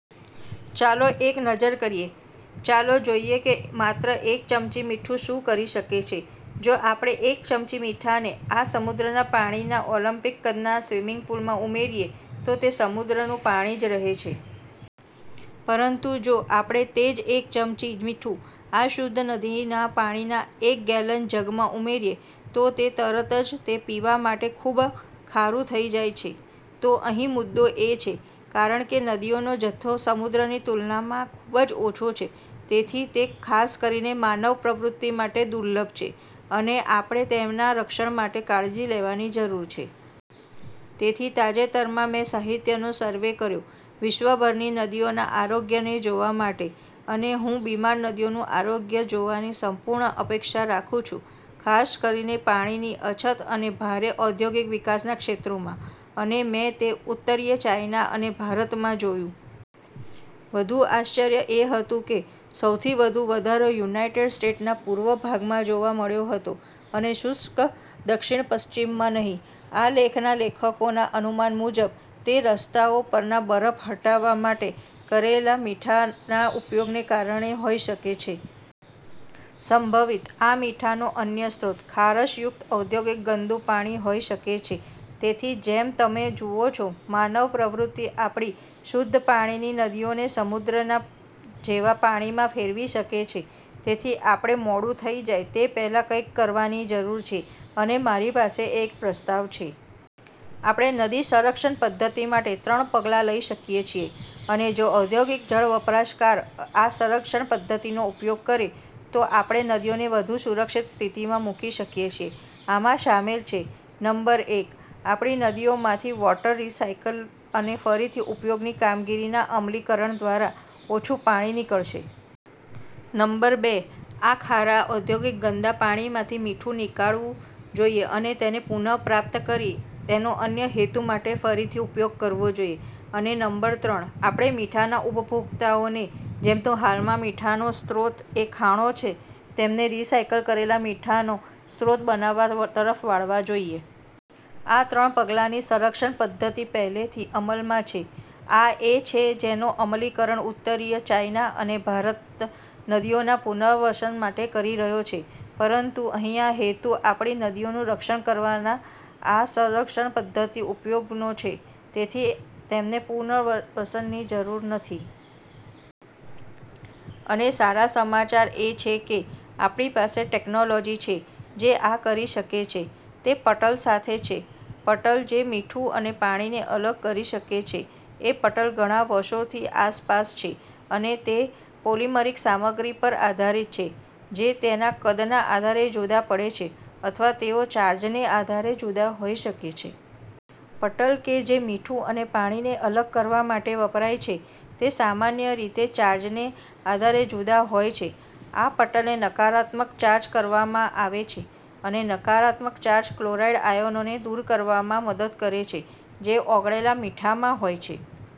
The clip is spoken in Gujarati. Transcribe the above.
ચાલો એક નજર કરીએ. ચાલો જોઈએ કે માત્ર એક ચમચી મીઠું શું કરી શકે છે. જો આપણે એક ચમચી મીઠાને આ સમુદ્રના પાણીના ઓલિમ્પિક કદના સ્વિમિંગ પૂલમાં ઉમેરીએ, તો તે સમુદ્રનું પાણી જ રહે છે. પરંતુ જો આપણે તે જ એક ચમચી મીઠું, આ શુદ્ધ નદીના પાણીના એક ગેલન જગમાં ઉમેરીએ, તો તરત જ તે પીવા માટે ખૂબ ખારું થઈ જાય છે. તો અહીં મુદ્દો એ છે, કારણ કે નદીઓનો જથ્થો સમુદ્રની તુલનામાં ખૂબ જ ઓછો છે, તેથી તે ખાસ કરીને માનવ પ્રવૃત્તિ માટે દુર્લભ છે, અને આપણે તેમના રક્ષણ માટે કાળજી લેવાની જરૂર છે. તેથી તાજેતરમાં, મેં સાહિત્યનો સર્વે કર્યો, વિશ્વભરની નદીઓના આરોગ્યને જોવા માટે અને હું બીમાર નદીઓનું આરોગ્ય જોવાની સંપૂર્ણ અપેક્ષા રાખું છું, ખાસ કરીને, પાણીની અછત અને ભારે ઔદ્યોગિક વિકાસના ક્ષેત્રોમાં. અને મેં તે ઉત્તરીય ચાઈના અને ભારતમાં જોયું. વધુ આશ્ચર્યજનક એ હતું કે સૌથી વધુ વધારો યુનાઇટેડ સ્ટેટ્સના પૂર્વ ભાગમાં જોવા મળ્યો હતો અને શુષ્ક દક્ષિણ પશ્ચિમમાં નહીં. આ લેખના લેખકોના અનુમાન મુજબ તે રસ્તાઓ પરનાં બરફ હટાવવા માટે કરેલા મીઠાના ઉપયોગને કારણે હોઈ શકે છે. સંભવિત, આ મીઠાનો અન્ય સ્ત્રોત, ખારશયુક્ત ઔદ્યોગિક ગંદુ પાણી હોઈ શકે છે. તેથી જેમ તમે જુઓ છો, માનવ પ્રવૃત્તિ આપણી શુદ્ધ પાણીની નદીઓને સમુદ્રના જેવા પાણીમાં ફેરવી શકે છે. તેથી આપણે મોડું થઈ જાય તે પહેલા કંઈક કરવાની જરૂર છે અને મારી પાસે એક પ્રસ્તાવ છે. આપણે નદી સંરક્ષણ પદ્ધતિ માટે ત્રણ પગલાં લઈ શકીએ છીએ, અને જો ઓદ્યોગિક જળ વપરાશકાર આ સંરક્ષણ પદ્ધતિનો ઉપયોગ કરે, તો આપણે નદીઓને વધુ સુરક્ષિત સ્થિતિમાં મૂકી શકીએ છીએ. આમાં શામેલ છે, નંબર એક આપણી નદીઓમાંથી, વોટર રિસાઇકલ અને ફરીથી ઉપયોગની કામગીરીના અમલીકરણ દ્વારા ઓછું પાણી નીકળશે. નંબર બે આપણે આ ખારા ઓદ્યોગિક ગંદા પાણીમાંથી મીઠું નીકાળવું જોઈએ અને તેને પુન: ર્પ્રાપ્ત કરી તેનો અન્ય હેતુ માટે ફરીથી ઉપયોગ કરવો જોઈએ. અને નંબર ત્રણ આપણે મીઠાના ઉપભોક્તાઓને, જેમનો હાલમાં મીઠાનો સ્ત્રોત એ ખાણો છે, તેમને રિસાઈકલ કરેલા મીઠાને સ્ત્રોત બનાવવા તરફ વાળવા જોઈએ. આ ત્રણ પગલાંની સંરક્ષણ પદ્ધતિ પહેલેથી અમલમાં છે. આ એ છે જેનો અમલીકરણ, ઉત્તરીય ચાઇના અને ભારત નદીઓના પુનર્વસન માટે કરી રહ્યા છે. પરંતુ અહીંયા હેતુ, આપણી નદીઓનું રક્ષણ કરવા આ સંરક્ષણ પદ્ધતિનો ઉપયોગ કરવાનો છે, તેથી આપણે તેમના પુનર્વસનની જરૂર નથી. અને સારા સમાચાર એ છે કે, આપણી પાસે ટેક્નોલોજી છે જે આ કરી શકે છે. તે પટલ સાથે છે. પટલ જે મીઠું અને પાણીને અલગ કરી શકે છે. એ પટલ ઘણા વષોથી આસપાસ છે, અને તે પોલિમરીક સામગ્રી પર આધારિત છે, જે તેના કદના આધારે જુદા પડે છે, અથવા તેઓ ચાર્જને આધારે જુદા હોઈ શકે છે. પટલ કે જે મીઠું અને પાણીને અલગ કરવા માટે વપરાય છે, તે સામાન્ય રીતે ચાર્જને આધારે જુદા હોય છે. આ પટલને નકારાત્મક ચાર્જ કરવામાં આવે છે અને નકારાત્મક ચાર્જ કલોરાઇડ આયનોને દૂર કરવામાં મદદ કરે છે, જે ઓગળેલા મીઠામાં હોય છે.